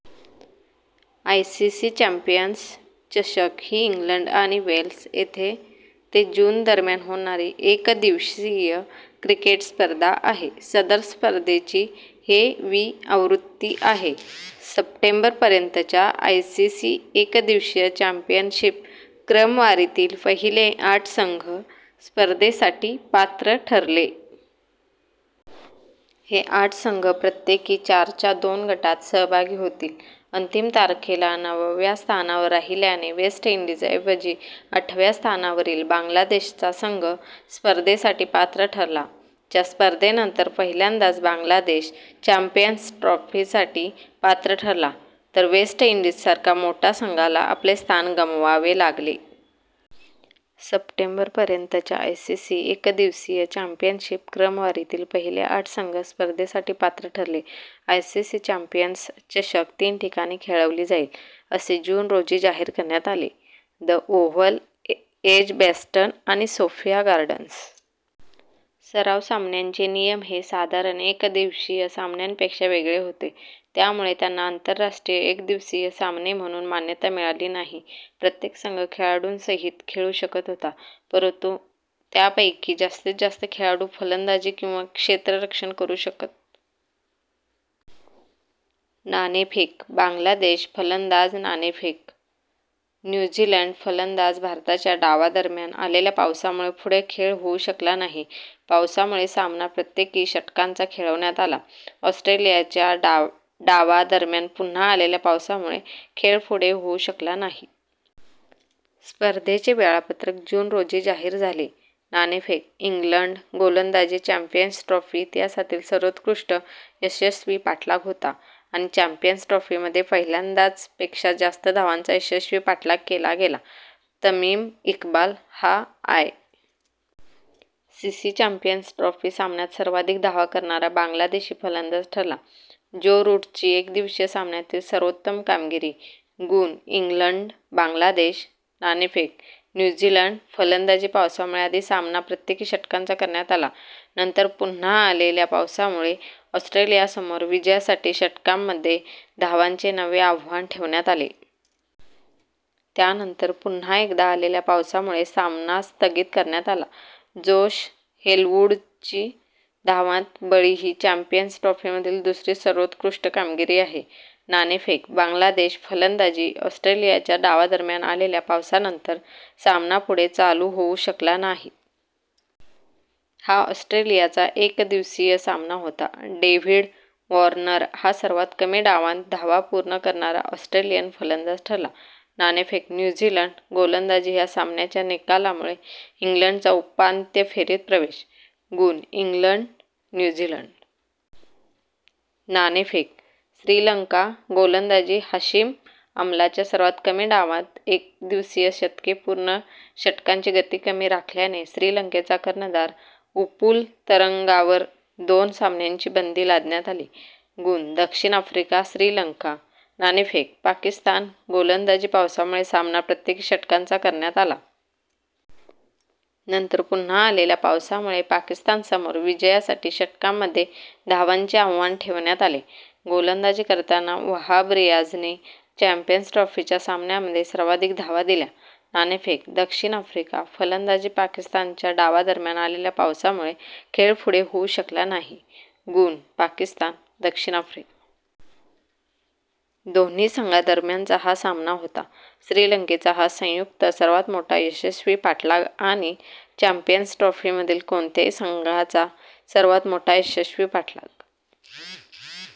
ICC champions चषक ही England आणि वेल्स येथे ते जून दरम्यान होणारी एकदिवसीय क्रिकेट स्पर्धा आहे. सदर स्पर्धेची हे वी आवृत्ती आहे. सप्टेंबर पर्यंतच्या आयसीसी एकदिवसीय चॅम्पियनशिप क्रमवारीतील पहिले आठ संघ स्पर्धेसाठी पात्र ठरले. हे आठ संघ प्रत्येकी चारच्या दोन गटांत सहभागी होतील. अंतिम तारखेला नवव्या स्थानावर राहिल्याने वेस्ट इंडीज ऐवजी आठव्या स्थानावरील बांगलादेश चा संघ स्पर्धेसाठी पात्र ठरला. च्या स्पर्धेनंतर पहिल्यांदाच बांगलादेश चॅम्पियन्स ट्रॉफीसाठी पात्र ठरला, तर वेस्ट इंडीज सारखा मोठा संघाला आपले स्थान गमवावे लागले. सप्टेंबर पर्यंतच्या आयसीसी एकदिवसीय चॅम्पियनशीप क्रमवारीतील पहिले आठ संघ स्पर्धेसाठी पात्र ठरले: आयसीसी चॅम्पियन्स चषक तीन ठिकाणी खेळवली जाईल असे जून रोजी जाहीर करण्यात आले.: द ओव्हल, एजबॅस्टन आणि सोफिया गार्डन्स. सराव सामन्यांचे नियम हे साधारण एकदिवसीय सामन्यांपेक्षा वेगळे होते, त्यामुळे त्यांना आंतरराष्ट्रीय एकदिवसीय सामने म्हणून मान्यता मिळाली नाही. प्रत्येक संघ खेळाडूंसहीत खेळू शकत होता, परंतु त्यापैकी जास्तीत जास्त खेळाडू फलंदाजी किंवा क्षेत्ररक्षण करु शकत. नाणेफेक: बांगलादेश, फलंदाज नाणेफेक: न्यू झीलंड, फलंदाज भारताच्या डावादरम्यान आलेल्या पावसामुळे पुढे खेळ होऊ शकला नाही. पाऊसामुळे सामना प्रत्येकी षटकांचा खेळवण्यात आला. ऑस्ट्रेलियाच्या डावा दरम्यान पुन्हा आलेल्या पावसामुळे खेळ पुढे होऊ शकला नाही. स्पर्धेचे वेळापत्रक जून रोजी जाहीर झाले. नाणेफेक: इंग्लंड, गोलंदाजी चॅम्पियन्स ट्रॉफी इतिहासातील सर्वोत्कृष्ट यशस्वी पाठलाग होता आणि चॅम्पियन्स ट्रॉफी मध्ये पहिल्यांदाच पेक्षा जास्त धावांचा यशस्वी पाठलाग केला गेला. तमिम इक्बाल हा I. C. C. Champions trophy सामन्यात सर्वाधिक धावा करणारा बांगलादेशी फलंदाज ठरला. ज्यो रूटची एकदिवसीय सामन्यातील सर्वोत्तम कामगिरी. गुण: इंग्लंड, बांगलादेश. नाणेफेक: न्यू झीलंड, फलंदाजी पावसामुळे आधी सामना प्रत्येकी षटकांचा करण्यात आला, नंतर पुन्हा आलेल्या पावसामुळे ऑस्ट्रेलियासमोर विजयासाठी षटकांमध्ये धावांचे नवे आव्हान ठेवण्यात आले. त्यानंतर पुन्हा एकदा आलेल्या पावसामुळे सामना स्थगित करण्यात आला. जोश हेजलवूडची धावांत बळी ही चॅम्पियन्स ट्रॉफीमधील दुसरी सर्वोत्कृष्ट कामगिरी आहे. नाणेफेक: बांगलादेश, फलंदाजी ऑस्ट्रेलियाच्या डावादरम्यान आलेल्या पावसानंतर सामना पुढे चालू होवू शकला नाही. हा ऑस्ट्रेलियाचा एकदिवसीय सामना होता. डेव्हिड वॉर्नर हा सर्वात कमी डावांत धावा पूर्ण करणारा ऑस्ट्रेलियन फलंदाज ठरला. नाणेफेक: न्यू झीलंड, गोलंदाजी ह्या सामन्याच्या निकालामुळे इंग्लंडचा उपांत्य फेरीत प्रवेश. गुण: इंग्लंड, न्यू झीलंड. नाणेफेक: श्रीलंका, गोलंदाजी हाशिम आमलाच्या सर्वात कमी डावांत एकदिवसीय शतके पूर्ण षटकांची गती कमी राखल्याने श्रीलंकेचा कर्णधार उपुल तरंगावर दोन सामन्यांची बंदी लादण्यात आली. गुण: दक्षिण आफ्रिका, श्रीलंका नाणेफेक: पाकिस्तान, गोलंदाजी पावसामुळे सामना प्रत्येकी षटकांचा करण्यात आला. नंतर पुन्हा आलेल्या पावसामुळे पाकिस्तानसमोर विजयासाठी षटकांमध्ये धावांचे आव्हान ठेवण्यात आले. गोलंदाजी करताना वहाब रियाझने चॅम्पियन्स ट्रॉफीच्या सामन्यामध्ये सर्वाधिक धावा दिल्या. नाणेफेक: दक्षिण आफ्रिका, फलंदाजी पाकिस्तानच्या डावादरम्यान आलेल्या पावसामुळे खेळ पुढे होऊ शकला नाही गुणः पाकिस्तान, दक्षिण आफ्रिका. दोन्ही संघांदरम्यानचा हा सामना होता. श्रीलंकेचा हा संयुक्त सर्वात मोठा यशस्वी पाठलाग आणि चॅम्पियन्स ट्रॉफीमधील कोणत्याही संघाचा सर्वात मोठा यशस्वी पाठलाग.।